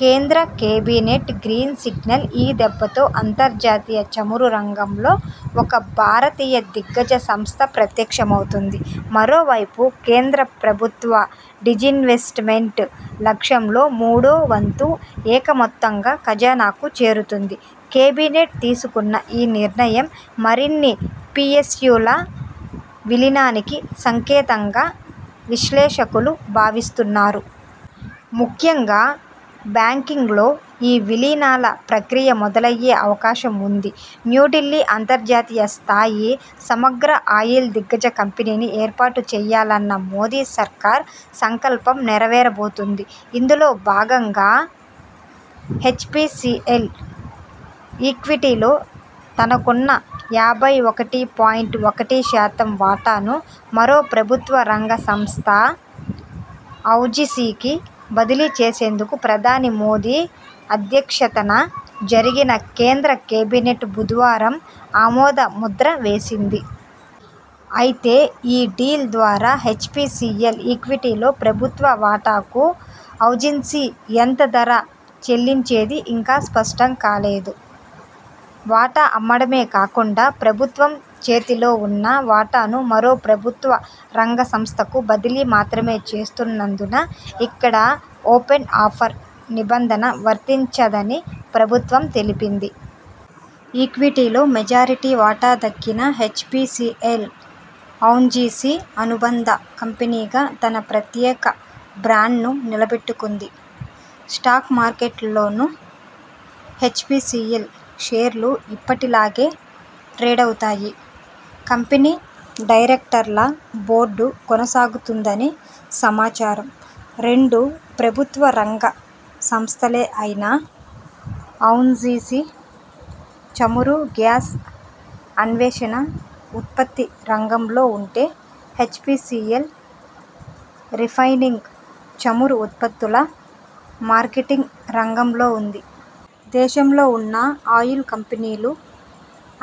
కేంద్ర cabinet green signal ఈ దెబ్బతో అంతర్జాతీయ చమురు రంగంలో ఒక భారతీయ దిగ్గజ సంస్థ ప్రత్యక్ష మవుతుంది. మరోవైపు కేంద్ర ప్రభుత్వ డిజిన్వెస్ట్మెంట్ లక్ష్యంలో మూడో వంతు ఏక మొత్తంగా ఖజానాకు చేరుతుంది. కేబినెట్ తీసుకున్న ఈ నిర్ణయం మరిన్ని పిఎస్యుల విలీనానికి సంకేతంగా విశ్లేషకులు భావిస్తున్నారు. ముఖ్యంగా బ్యాంకింగ్లో ఈ విలీనాల ప్రక్రియ మొదలయ్యే అవకాశం ఉంది. న్యూఢిల్లీ అంతర్జాతీయ స్థాయి సమగ్ర ఆయిల్ దిగ్గజ కంపెనీని ఏర్పాటు చేయాలన్న మోదీ సర్కార్ సంకల్పం నెరవేర బోతుంది. ఇందులో భాగంగా హెచ్పిసిఎల్ ఈక్విటీలో తనకున్న యాభై ఒకటి పాయింట్ ఒకటి శాతం వాటాను మరో ప్రభుత్వ రంగ సంస్థ ఔజిసికి బదిలీ చేసేందుకు ప్రధాని మోదీ అధ్యక్షతన జరిగిన కేంద్ర కేబినెట్ బుధవారం ఆమోద ముద్ర వేసింది. అయితే ఈ డీల్ ద్వారా హెచ్పిసిఎల్ ఈక్విటీలో ప్రభుత్వ వాటాకు ఔన్జిసి, ఎంత ధర చెల్లించేది ఇంకా స్పష్టం కాలేదు. వాటా అమ్మడమే కాకుండా ప్రభుత్వం చేతిలో ఉన్న వాటాను మరో ప్రభుత్వ రంగ సంస్థకు బదిలీ మాత్రమే చేస్తున్నందున, ఇక్కడ ఓపెన్ ఆఫర్ నిబంధన వర్తించదని ప్రభుత్వం తెలిపింది. ఈక్విటీలో మెజారిటీ వాటా దక్కినా హెచ్పిసిఎల్, ఔన్జిసి అనుబంధ కంపెనీగా తన ప్రత్యేక బ్రాండ్ను నిలబెట్టుకుంది. స్టాక్ మార్కెట్లోనూ హెచ్పిసిఎల్ షేర్లు ఇప్పటిలాగే ట్రేడవుతాయి. కంపెనీ డైరెక్టర్ల బోర్డూ కొనసాగుతుందని సమాచారం. రెండూ ప్రభుత్వ రంగ సంస్థలే అయినా ఔన్జిసి చమురు, గ్యాస్ అన్వేషణ, ఉత్పత్తి రంగంలో ఉంటే, హెచ్పిసిఎల్ రిఫైనింగ్, చమురు ఉత్పత్తుల మార్కెటింగ్ రంగంలో ఉంది. దేశంలో ఉన్న ఆయిల్ కంపెనీలు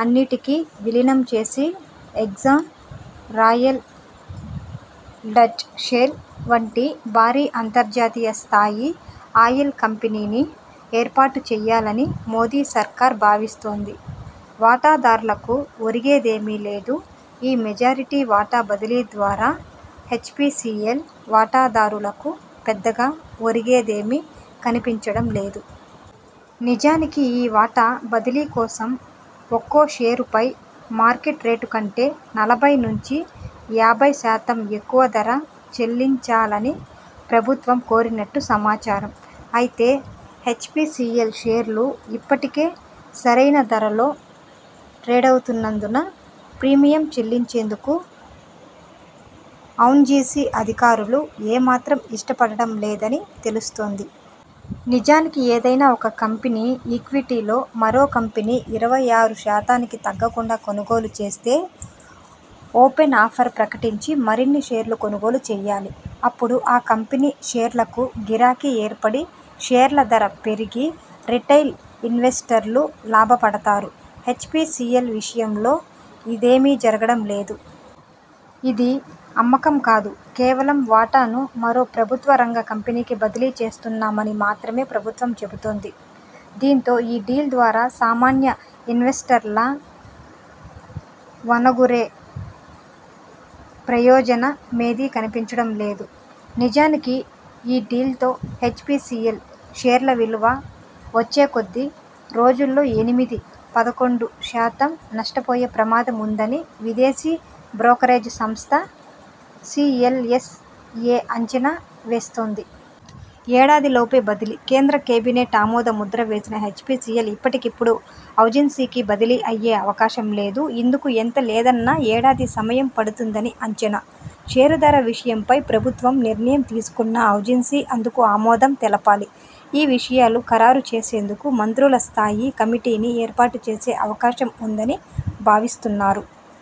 అన్నిటికి విలీనం చేసి ఎగ్జా, రాయల్ డచ్ షెల్ వంటి భారీ అంతర్జాతీయ స్థాయి ఆయిల్ కంపెనీని ఏర్పాటు చేయాలని మోదీ సర్కార్ భావిస్తోంది. వాటా దార్లకు ఒరిగేదీమీ లేదు ఈ మెజారిటీ వాటా బదిలీ ద్వారా హెచ్పిసిఎల్ వాటాదారులకు పెద్దగా ఒరిగేదేమీ కనిపించడం లేదు. నిజానికి ఈ వాటా బదిలీ కోసం, ఒక్కో షేరుపై మార్కెట్ రేటు కంటే నలభై నుంచి యాభై శాతం ఎక్కువ ధర చెల్లించాలని ప్రభుత్వం కోరినట్టు సమాచారం. అయితే హెచ్పిసిఎల్ షేర్లు ఇప్పటికే సరైన ధరలో ట్రేడవుతున్నందున ప్రీమియం చెల్లించేందుకు ఔన్జిసి అధికారులు ఏ మాత్రం ఇష్టపడటం లేదని తెలుస్తోంది. నిజానికి ఏదైనా ఒక కంపెనీ ఈక్విటీలో మరో కంపెనీ ఇరవై ఆరు శాతానికి తగ్గకుండా కొనుగోలు చేస్తే ఓపెన్ ఆఫర్ ప్రకటించి మరిన్ని షేర్లు కొనుగోలు చేయాలి. అపుడు ఆ కంపెనీ షేర్లకు గిరాకీ ఏర్పడి షేర్ల ధర పెరిగి రిటైల్ ఇన్వెస్టర్లూ లాభపడతారు. హెచ్పిసిఎల్ విషయంలో ఇదే మీ జరగడం లేదు. ఇది అమ్మకం కాదు, కేవలం వాటాను మరో ప్రభుత్వ రంగ కంపెనీకి బదిలీ చేస్తున్నామని మాత్రమే ప్రభుత్వ చెబుతోంది. దీంతో ఈ డీల్ ద్వారా సామాన్య ఇన్వెస్టర్ల ఒనగూరే ప్రయోజన మేదీ కనిపించడం లేదు. నిజానికి ఈ డీల్తో హెచ్పిసిఎల్ షేర్ల విలువ వచ్చే కొద్ది రోజుల్లో ఎనిమిది పదకొండు శాతం నష్ట పోయే ప్రమాదం ఉందని విదేశీ బ్రోకరేజ్ సంస్థ సిఎల్ఎస్ ఎ అంచనా వేస్తోంది. ఏడాది లోపే బదిలీ! కేంద్ర కేబినెట్ ఆమోద ముద్ర వేసినా హెచ్పిసిఎల్ ఇప్పటికిప్పుడు ఔన్జిసికి బదిలీ అయ్యే అవకాశం లేదు. ఇందుకు ఎంత లేదన్నా ఏడాది సమయం పడుతుందని అంచనా. షేరు ధర విషయంపై ప్రభుత్వం నిర్ణయం తీసుకున్నా, ఔన్జిసి అందుకు ఆమోదం తెలపాలి. ఈ విషయాలు ఖరారు చేసేందుకు మంత్రుల స్థాయి కమిటీని ఏర్పాటు చేసే అవకాశం ఉందని భావిస్తున్నారు.